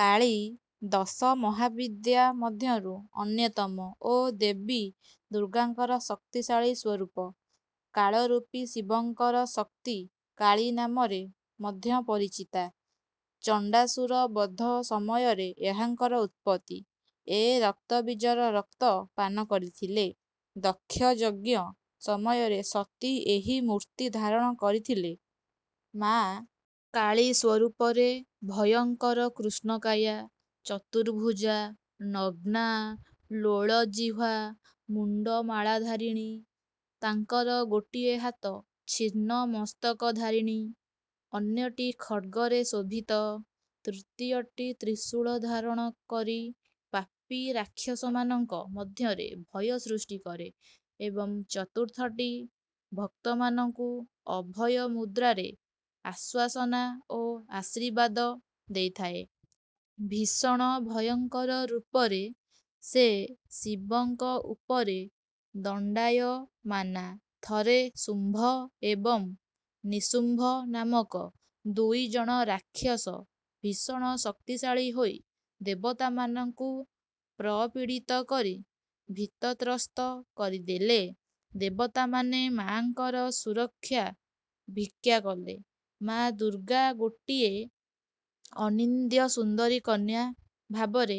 କାଳୀ ଦଶମହାବିଦ୍ୟା ମଧ୍ୟରୁ ଅନ୍ୟତମ ଓ ଦେବୀ ଦୁର୍ଗାଙ୍କର ଶକ୍ତିଶାଳୀ ସ୍ୱରୂପ। କାଳରୂପୀ ଶିବଙ୍କର ଶକ୍ତି କାଳୀ ନାମରେ ମଧ୍ୟ ପରିଚିତା। ଚଣ୍ଡାସୁର ବଧ ସମୟରେ ଏହାଙ୍କର ଉତ୍ପତ୍ତି, ଏ ରକ୍ତବୀଜର ରକ୍ତ ପାନ କରିଥିଲେ। ଦକ୍ଷଯଜ୍ଞ ସମୟରେ ସତୀ ଏହି ମୂର୍ତ୍ତି ଧାରଣ କରିଥିଲେ। ମା' କାଳୀ ସ୍ୱରୂପରେ ଭୟଙ୍କର କୃଷ୍ଣକାୟା, ଚତୁର୍ଭୁଜା, ନଗ୍ନା, ଲୋଳଜିହ୍ୱା, ମୁଣ୍ଡମାଳାଧାରିଣୀ। ତାଙ୍କର ଗୋଟିଏ ହାତ ଛିନ୍ନ-ମସ୍ତକ ଧାରିଣୀ, ଅନ୍ୟଟି ଖଡ୍ଗରେ ଶୋଭିତ, ତୃତୀୟଟି ତ୍ରିଶୂଳ ଧାରଣ କରି ପାପୀ ରାକ୍ଷସମାନଙ୍କ ମଧ୍ୟରେ ଭୟ ସୃଷ୍ଟି କରେ ଏବଂ ଚତୁର୍ଥଟି ଭକ୍ତମାନଙ୍କୁ ଅଭୟ ମୁଦ୍ରାରେ ଆଶ୍ୱାସନା ଓ ଆଶୀର୍ବାଦ ଦେଇଥାଏ। ଭୀଷଣ ଭୟଙ୍କର ରୂପରେ ସେ ଶିବଙ୍କ ଉପରେ ଦଣ୍ଡାୟମାନା। ଥରେ ଶୁମ୍ଭ ଏବଂ ନିଶୁମ୍ଭ ନାମକ ଦୁଇ ଜଣ ରାକ୍ଷସ ଭୀଷଣ ଶକ୍ତିଶାଳୀ ହୋଇ ଦେବତାମାନଙ୍କୁ ପ୍ରପୀଡ଼ିତ କରି ଭୀତତ୍ରସ୍ତ କରିଦେଲେ। ଦେବତାମାନେ ମା'ଙ୍କର ସୁରକ୍ଷା ଭିକ୍ଷା କଲେ। ମା' ଦୁର୍ଗା ଗୋଟିଏ ଅନିନ୍ଦ୍ୟ ସୁନ୍ଦରୀ କନ୍ୟା ଭାବରେ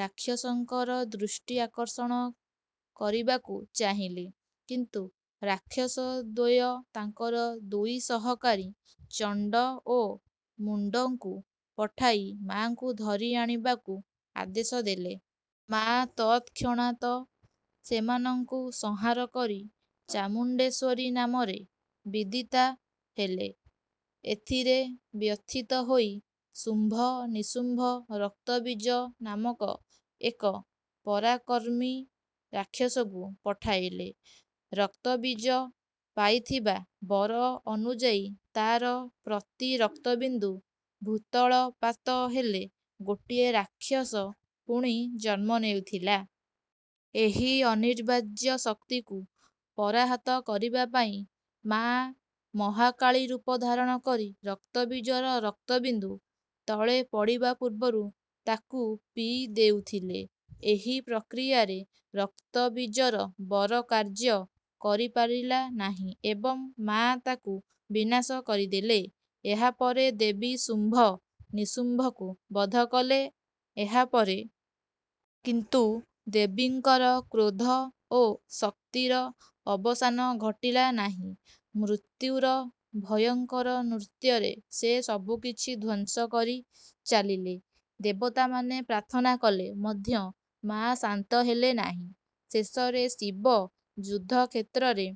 ରାକ୍ଷସଙ୍କର ଦୃଷ୍ଟି ଆକର୍ଷଣ କରିବାକୁ ଚାହିଁଲେ, କିନ୍ତୁ ରାକ୍ଷସ ଦ୍ୱୟ ତାଙ୍କର ଦୁଇ ସହକାରୀ ଚଣ୍ଡ ଓ ମୁଣ୍ଡଙ୍କୁ ପଠାଇ ମା'ଙ୍କୁ ଧରି ଆଣିବାକୁ ଆଦେଶ ଦେଲେ। ମା' ତତ୍କ୍ଷଣାତ୍ ସେମାନଙ୍କୁ ସଂହାର କରି ଚାମୁଣ୍ଡେଶ୍ୱରୀ ନାମରେ ବିଦିତା ହେଲେ। ଏଥିରେ ବ୍ୟଥିତ ହୋଇ ଶୁମ୍ଭ, ନିଶୁମ୍ଭ ରକ୍ତବୀଜ ନାମକ ଏକ ପରାକ୍ରମୀ ରାକ୍ଷସକୁ ପଠାଇଲେ। ରକ୍ତବୀଜ ପାଇଥିବା ବର ଅନୁଯାୟୀ ତା’ର ପ୍ରତି ରକ୍ତବିନ୍ଦୁ ଭୂତଳପାତ ହେଲେ ଗୋଟିଏ ରାକ୍ଷସ ପୁଣି ଜନ୍ମ ନେଉଥିଲା। ଏହି ଅନିବାର୍ଯ୍ୟ ଶକ୍ତିକୁ ପରାହତ କରିବା ପାଇଁ ମା' ମହାକାଳୀ ରୂପ ଧାରଣ କରି ରକ୍ତବୀଜର ରକ୍ତବିନ୍ଦୁ ତଳେ ପଡ଼ିବା ପୂର୍ବରୁ ତାକୁ ପିଇ ଦେଉଥିଲେ। ଏହି ପ୍ରକ୍ରିୟାରେ ରକ୍ତବୀଜର ବର କାର୍ଯ୍ୟ କରିପାରିଲା ନାହିଁ ଏବଂ ମା’ ତାକୁ ବିନାଶ କରିଦେଲେ। ଏହାପରେ ଦେବୀ ଶୁମ୍ଭ ନିଶୁମ୍ଭଙ୍କୁ ବଧ କଲେ। ଏହାପରେ କିନ୍ତୁ ଦେବୀଙ୍କର କ୍ରୋଧ ଓ ଶକ୍ତିର ଅବସାନ ଘଟିଲା ନାହିଁ। ମୃତ୍ୟୁର ଭୟଙ୍କର ନୃତ୍ୟରେ ସେ ସବୁକିଛି ଧ୍ୱଂସ କରି ଚାଲିଲେ। ଦେବତାମାନେ ପ୍ରାର୍ଥନା କଲେ ମଧ୍ୟ ମା’ ଶାନ୍ତ ହେଲେ ନାହିଁ। ଶେଷରେ ଶିବ ଯୁଦ୍ଧକ୍ଷେତ୍ରରେ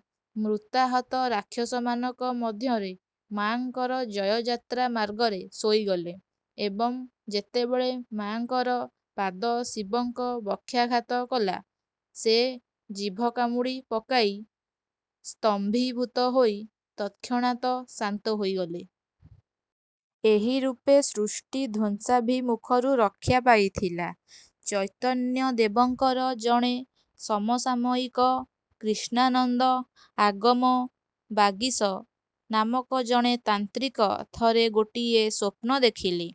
ମୃତାହତ ରାକ୍ଷସମାନଙ୍କ ମଧ୍ୟରେ ମା'ଙ୍କର ଜୟଯାତ୍ରା ମାର୍ଗରେ ଶୋଇଗଲେ ଏବଂ ଯେତେବେଳେ ମା'ଙ୍କର ପାଦ ଶିବଙ୍କ ବକ୍ଷାଘାତ କଲା, ସେ ଜିଭ କାମୁଡ଼ି ପକାଇ, ସ୍ତମ୍ଭୀଭୂତ ହୋଇ ତତ୍କ୍ଷଣାତ୍ ଶାନ୍ତ ହୋଇଗଲେ। ଏହିରୂପେ ସୃଷ୍ଟି ଧ୍ୱଂସାଭିମୁଖରୁ ରକ୍ଷା ପାଇଥିଲା। ଚୈତନ୍ୟଦେବଙ୍କର ଜଣେ ସମସାମୟିକ କ୍ରିଷ୍ଣାନନ୍ଦ ଆଗମବାଗୀଶ ନାମକ ଜଣେ ତାନ୍ତ୍ରିକ ଥରେ ଗୋଟିଏ ସ୍ୱପ୍ନ ଦେଖିଲେ।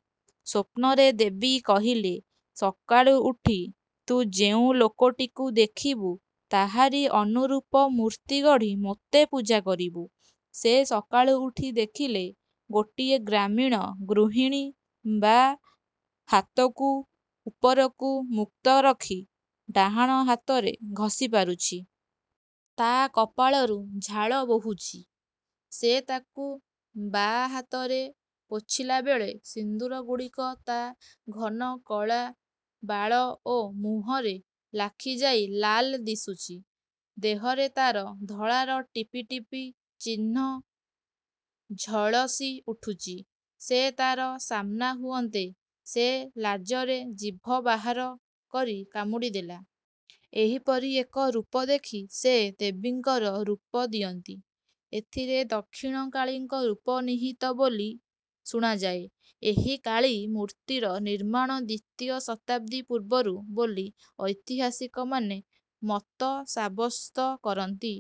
ସ୍ୱପ୍ନରେ ଦେବୀ କହିଲେ ସକାଳୁ ଉଠି ତୁ ଯେଉଁ ଲୋକଟିକୁ ଦେଖିବୁ, ତାହାରି ଅନୁରୂପ ମୂର୍ତ୍ତି ଗଢ଼ି ମୋତେ ପୂଜା କରିବୁ। ସେ ସକାଳୁ ଉଠି ଦେଖିଲେ ଗୋଟିଏ ଗ୍ରାମୀଣ ଗୃହିଣୀ ବାଁ ହାତକୁ ଉପରକୁ ମୁକ୍ତ ରଖି ଡାହାଣ ହାତରେ ଘଷି ପାରୁଛି। ତା' କପାଳରୁ ଝାଳ ବୋହୁଛି। ସେ ତାକୁ ବାଁ ହାତରେ ପୋଛିଲା ବେଳେ ସିନ୍ଦୂରଗୁଡ଼ିକ ତା' ଘନ କଳା ବାଳ ଓ ମୁହଁରେ ଲାଖିଯାଇ ଲାଲ୍ ଦିଶୁଛି। ଦେହରେ ତା'ର ଧଳାର ଟିପିଟିପି ଚିହ୍ନ ଝଳସି ଉଠୁଛି। ସେ ତା'ର ସାମ୍ନା ହୁଅନ୍ତେ ସେ ଲାଜରେ ଜିଭ ବାହାର କରି କାମୁଡ଼ିଦେଲା। ଏହିପରି ଏକ ରୂପ ଦେଖି ସେ ଦେବୀଙ୍କର ରୂପ ଦିଅନ୍ତି। ଏଥିରେ ଦକ୍ଷିଣକାଳୀଙ୍କ ରୂପ ନିହିତ ବୋଲି ଶୁଣାଯାଏ। ଏହି କାଳୀ ମୂର୍ତ୍ତିର ନିର୍ମାଣ ଦ୍ୱିତୀୟ ଶତାବ୍ଦୀ ପୂର୍ବରୁ ବୋଲି ଐତିହାସିକମାନେ ମତ ସାବ୍ୟସ୍ତ କରନ୍ତି।